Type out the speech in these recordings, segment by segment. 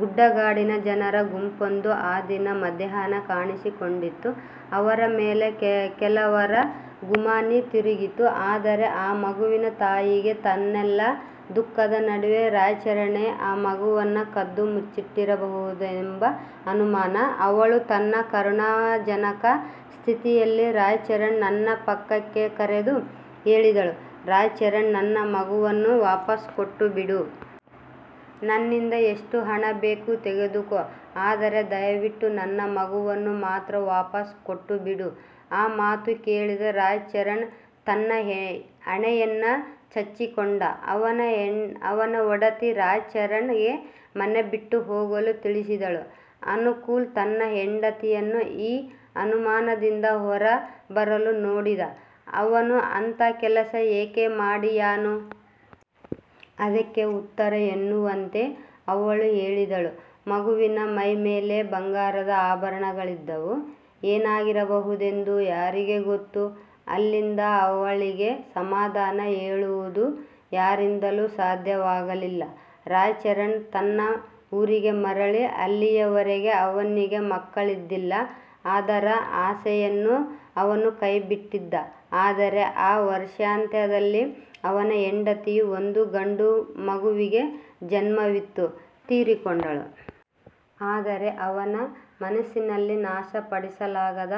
ಗುಡ್ಡ ಗಾಡಿನ ಜನರ ಗುಂಪೊಂದು ಆ ದಿನ ಮಧ್ಯಾಹ್ನ ಕಾಣಿಸಿಕೊಂಡಿತ್ತು. ಅವರ ಮೇಲೆ ಕೆಲವರ ಗುಮಾನಿ ತಿರುಗಿತು. ಆದರೆ ಆ ಮಗುವಿನ ತಾಯಿಗೆ ತನ್ನೆಲ್ಲ ದುಃಖದ ನಡುವೆ, ರಾಯಚರಣ್ನೇ ಮಗುವನ್ನು ಕದ್ದು ಮುಚ್ಚಿಟ್ಟಿರಬಹುದೆಂಬ ಅನುಮಾನ. ಅವಳು ತನ್ನ ಆ ಕರುಣಾಜನಕ ಸ್ಥಿತಿಯಲ್ಲಿ, ರಾಯಚರಣ್ ನನ್ನು ಪಕ್ಕಕ್ಕೆ ಕರೆದು ಹೇಳಿದಳು "ರಾಯಚರಣ್, ನನ್ನ ಮಗುವನ್ನು ವಾಪಸ್ಸು ಕೊಟ್ಟುಬಿಡು. ನನ್ನಿಂದ ಎಷ್ಟು ಹಣ ಬೇಕು ತೆಗೆದುಕೊ. ಆದರೆ ದಯವಿಟ್ಟು ನನ್ನ ಮಗುವನ್ನು ಮಾತ್ರ ವಾಪಸ್ಸು ಕೊಟ್ಟುಬಿಡು" ಆ ಮಾತು ಕೇಳಿದ ರಾಯಚರಣ್ ತನ್ನ ಹಣೆಯನ್ನು ಚಚ್ಚಿಕೊಂಡ. ಅವನ ಒಡತಿ ರಾಯಚರಣ್ ಗೆ ಮನೆ ಬಿಟ್ಟು ಹೋಗಲು ತಿಳಿಸಿದಳು. ಅನುಕೂಲ್ ತನ್ನ ಹೆಂಡತಿಯನ್ನು ಈ ಅನುಮಾನದಿಂದ ಹೊರ ತರಲು ನೋಡಿದ "ಅವನು ಅಂಥ ಕೆಲಸ ಏಕೆ ಮಾಡಿಯಾನು? " ಅದಕ್ಕೆ ಉತ್ತರ ಎನ್ನುವಂತೆ ಅವಳು ಹೇಳಿದಳು "ಮಗುವಿನ ಮೈ ಮೇಲೆ ಬಂಗಾರದ ಆಭರಣಗಳಿದ್ದವು. ಏನಾಗಿರಬಹುದೆಂದು ಯಾರಿಗ್ಗೊತ್ತು? " ಅಲ್ಲಿಂದ ಅವಳಿಗೆ ಸಮಾಧಾನ ಹೇಳುವುದು ಯಾರಿಂದಲೂ ಸಾಧ್ಯವಾಗಲಿಲ್ಲ. ರಾಯಚರಣ್ ತನ್ನ ಊರಿಗೆ ಮರಳಿದ. ಅಲ್ಲಿಯವರೆಗೆ ಅವನಿಗೆ ಮಕ್ಕಳಿದ್ದಿಲ್ಲ ಅದರ ಆಸೆಯನ್ನೂ ಅವನು ಕೈ ಬಿಟ್ಟಿದ್ದ. ಆದರೆ ಆ ವರ್ಷಾಂತ್ಯದಲ್ಲಿ, ಅವನ ಹೆಂಡತಿಯು ಒಂದು ಗಂಡು ಮಗುವಿಗೆ ಜನ್ಮವಿತ್ತು ತೀರಿಕೊಂಡಳು. ಆದರೆ ಅವನ ಮನಸ್ಸಿನಲ್ಲಿ ನಾಶ ಪಡಿಸಲಾಗದ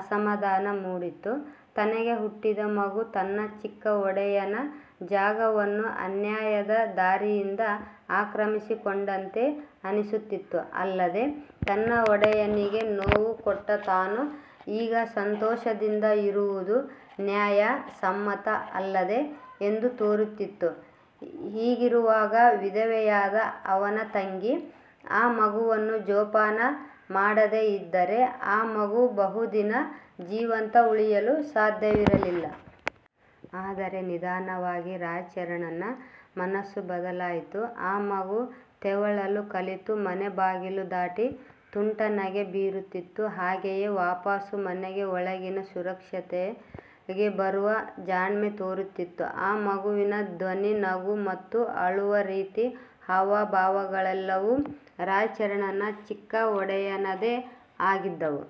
ಅಸಮಧಾನ ಮೂಡಿತ್ತು. ತನಗೆ ಹುಟ್ಟಿದ ಮಗು, ತನ್ನ ಚಿಕ್ಕ ಒಡೆಯನ ಜಾಗವನ್ನು ಅನ್ಯಾಯದ ದಾರಿಯಿಂದ ಆಕ್ರಮಿಸಿಕೊಂಡಂತೆ ಅನಿಸುತ್ತಿತ್ತು. ಅಲ್ಲದೇ ತನ್ನ ಒಡೆಯನಿಗೆ ನೋವು ಕೊಟ್ಟ ತಾನು ಈಗ ಸಂತೋಷದಿಂದ ಇರುವುದು ನ್ಯಾಯ ಸಮ್ಮತ ಅಲ್ಲ ಎಂದು ತೋರುತ್ತಿತ್ತು. ಹೀಗಿರುವಾಗ, ವಿಧವೆಯಾದ ಅವನ ತಂಗಿ ಆ ಮಗುವನ್ನು ಜೋಪಾನ ಮಾಡದೇಇದ್ದರೆ, ಆ ಮಗು ಬಹು ದಿನ ಜೀವಂತ ಉಳಿಯಲು ಸಾಧ್ಯವಿರಲಿಲ್ಲ. ಆದರೆ ನಿಧಾನವಾಗಿ ರಾಯಚರಣ್ ನ ಮನಸ್ಸು ಬದಲಾಯಿತು. ಆ ಮಗು ತೆವಳಲು ಕಲಿತು, ಮನೆ ಬಾಗಿಲು ದಾಟಿ ತುಂಟ ನಗೆ ಬೀರುತ್ತಿತ್ತು. ಹಾಗೆಯೇ ವಾಪಸ್ಸು ಮನೆ ಒಳಗಿನ ಸುರಕ್ಷತೆಗೆ ಬರುವ ಜಾಣ್ಮೆತೋರುತ್ತಿತ್ತು. ಆ ಮಗುವಿನ ಧ್ವನಿ, ನಗುವ ಮತ್ತು ಅಳುವ ರೀತಿ, ಹಾವ, ಭಾವ ಗಳೆಲ್ಲವೂ ರಾಯಚರಣ್ ನ ಚಿಕ್ಕ ಒಡೆಯನದೇ ಆಗಿದ್ದವು.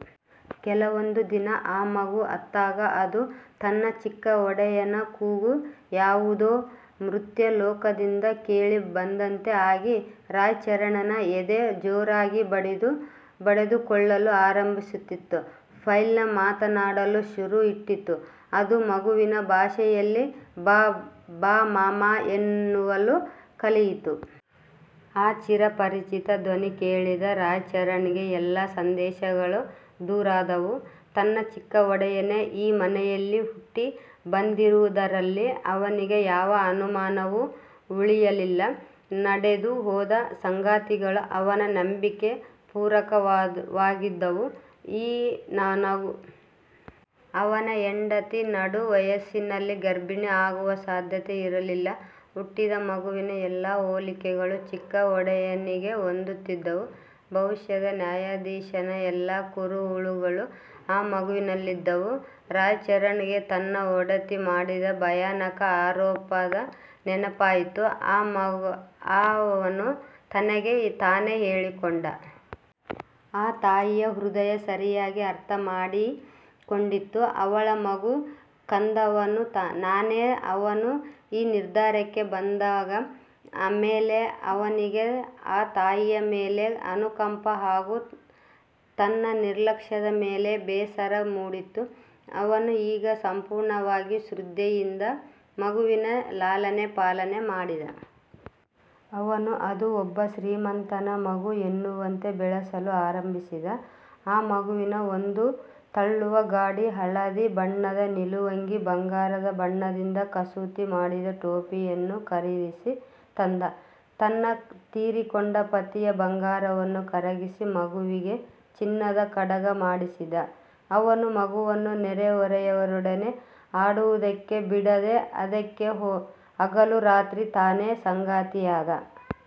ಕೆಲವೊಂದು ದಿನ ಅ ಮಗು ಅತ್ತಾಗ, ಅದು ತನ್ನ ಚಿಕ್ಕ ಒಡೆಯನ ಕೂಗು ಯಾವುದೊ ಮೃತ್ಯು-ಲೋಕದಿಂದ ಕೇಳಿ ಬಂದಂತೆ ಆಗಿ, ರಾಯಚರಣ್ ನ ಎದೆ ಜೋರಾಗಿ ಬಡಿದು ಕೊಳ್ಳಲು ಆರಂಭಿಸುತ್ತಿತ್ತು. ಫೈಲ್ನ ಮಾತನಾಡಲು ಶುರು ಇಟ್ಟಿತು. ಅದು ಮಗುವಿನ ಭಾಷೆಯಲ್ಲಿ "ಬಾಬಾ", "ಮಾಮಾ" ಎನ್ನಲು ಕಲಿಯಿತು. ಆ ಚಿರ ಪರಿಚಿತ ಧ್ವನಿ ಕೇಳಿದ ರಾಯಚರಣ್ ಗೆ ಎಲ್ಲ ಸಂದೇಹಗಳು ದೂರಾದವು. ತನ್ನ ಚಿಕ್ಕ ಒಡೆಯನೇ ಈ ಮನೆಯಲ್ಲಿ ಹುಟ್ಟಿ ಬಂದಿರುವದರಲ್ಲಿ ಅವನಿಗೆ ಯಾವ ಅನುಮಾನವೂ ಉಳಿಯಲಿಲ್ಲ. ನಡೆದು ಹೋದ ಸಂಗತಿಗಳು ಅವನ ನಂಬಿಕೆಗೆ ಪೂರಕವಾಗಿದ್ದವು. ಈ ಮಗು ಚಿಕ್ಕ ಒಡೆಯ ತೀರಿಕೊಂಡ ಬಹು ಕಾಲ ಆಗುವ ಮೊದಲೇ ಹುಟ್ಟಿತ್ತು. ಅವನ ಹೆಂಡತಿ ಆ ನಡು ವಯಸ್ಸಿನಲ್ಲಿ ಗರ್ಭಿಣಿ ಆಗುವ ಸಾಧ್ಯತೆ ಇರಲಿಲ್ಲ. ಹುಟ್ಟಿದ ಮಗುವಿನ ಎಲ್ಲ ಹೋಲಿಕೆಗಳು ಚಿಕ್ಕ ಒಡೆಯನಿಗೆ ಹೊಂದುತ್ತಿದ್ದವು. ಭವಿಷ್ಯದ ನ್ಯಾಯಾಧೀಶನ ಎಲ್ಲ ಕುರುಹುಗಳು ಆ ಮಗುವಿನಲ್ಲಿದ್ದವು. ರಾಯಚರಣ್ ಗೆ ತನ್ನ ಒಡತಿ ಮಾಡಿದ ಭಯಾನಕ ಆರೋಪದ ನೆನಪಾಯಿತು. "ಆ" ಅವನು ತನಗೆ ತಾನೇ ಹೇಳಿಕೊಂಡ. "ಆ ತಾಯಿಯ ಹೃದಯ ಸರಿಯಾಗಿ ಅರ್ಥ ಮಾಡಿ ಕೊಂಡಿತ್ತು. ಅವಳ ಮಗು ಕದ್ದವನು ನಾನೇ". ಅವನು ಈ ನಿರ್ಧಾರಕ್ಕೆ ಬಂದಾದ ಮೇಲೆ, ಅವನಿಗೆ ಆ ತಾಯಿಯ ಮೇಲೆ ಅನುಕಂಪ ಹಾಗೂ ತನ್ನ ನಿರ್ಲಕ್ಷದ ಮೇಲೆ ಬೇಸರ ಮೂಡಿತು. ಅವನು ಈಗ ಸಂಪೂರ್ಣ ಶೃದ್ಧೆಯಿಂದ ಮಗುವಿನ ಲಾಲನೆ, ಪಾಲನೆ ಮಾಡಿದ. ಅವನು ಅದು ಒಬ್ಬ ಶ್ರೀಮಂತನ ಮಗು ಎನ್ನುವಂತೆ ಬೆಳೆಸಲು ಆರಂಭಿಸಿದ. ಆ ಮಗುವಿಗೆ ಒಂದು ತಳ್ಳುವ ಗಾಡಿ, ಹಳದಿ ಬಣ್ಣದ ನಿಲುವಂಗಿ, ಬಂಗಾರದ ಬಣ್ಣದಿಂದ ಕಸೂತಿ ಮಾಡಿದ ಟೋಪಿಯನ್ನು ಖರೀದಿಸಿ ತಂದ. ತನ್ನ ತೀರಿಕೊಂಡ ಪತ್ನಿಯ ಬಂಗಾರವನ್ನು ಕರಗಿಸಿ, ಮಗುವಿಗೆ ಚಿನ್ನದ ಕಡಗ ಮಾಡಿಸಿದ. ಅವನು ಮಗುವನ್ನು ನೆರೆ, ಹೊರೆಯವರೊಡನೆ ಆಡುವದಕ್ಕೆ ಬಿಡದೇ, ಅದಕ್ಕೆ ಹಗಲು, ರಾತ್ರಿ ತಾನೇ ಸಂಗಾತಿಯಾದ.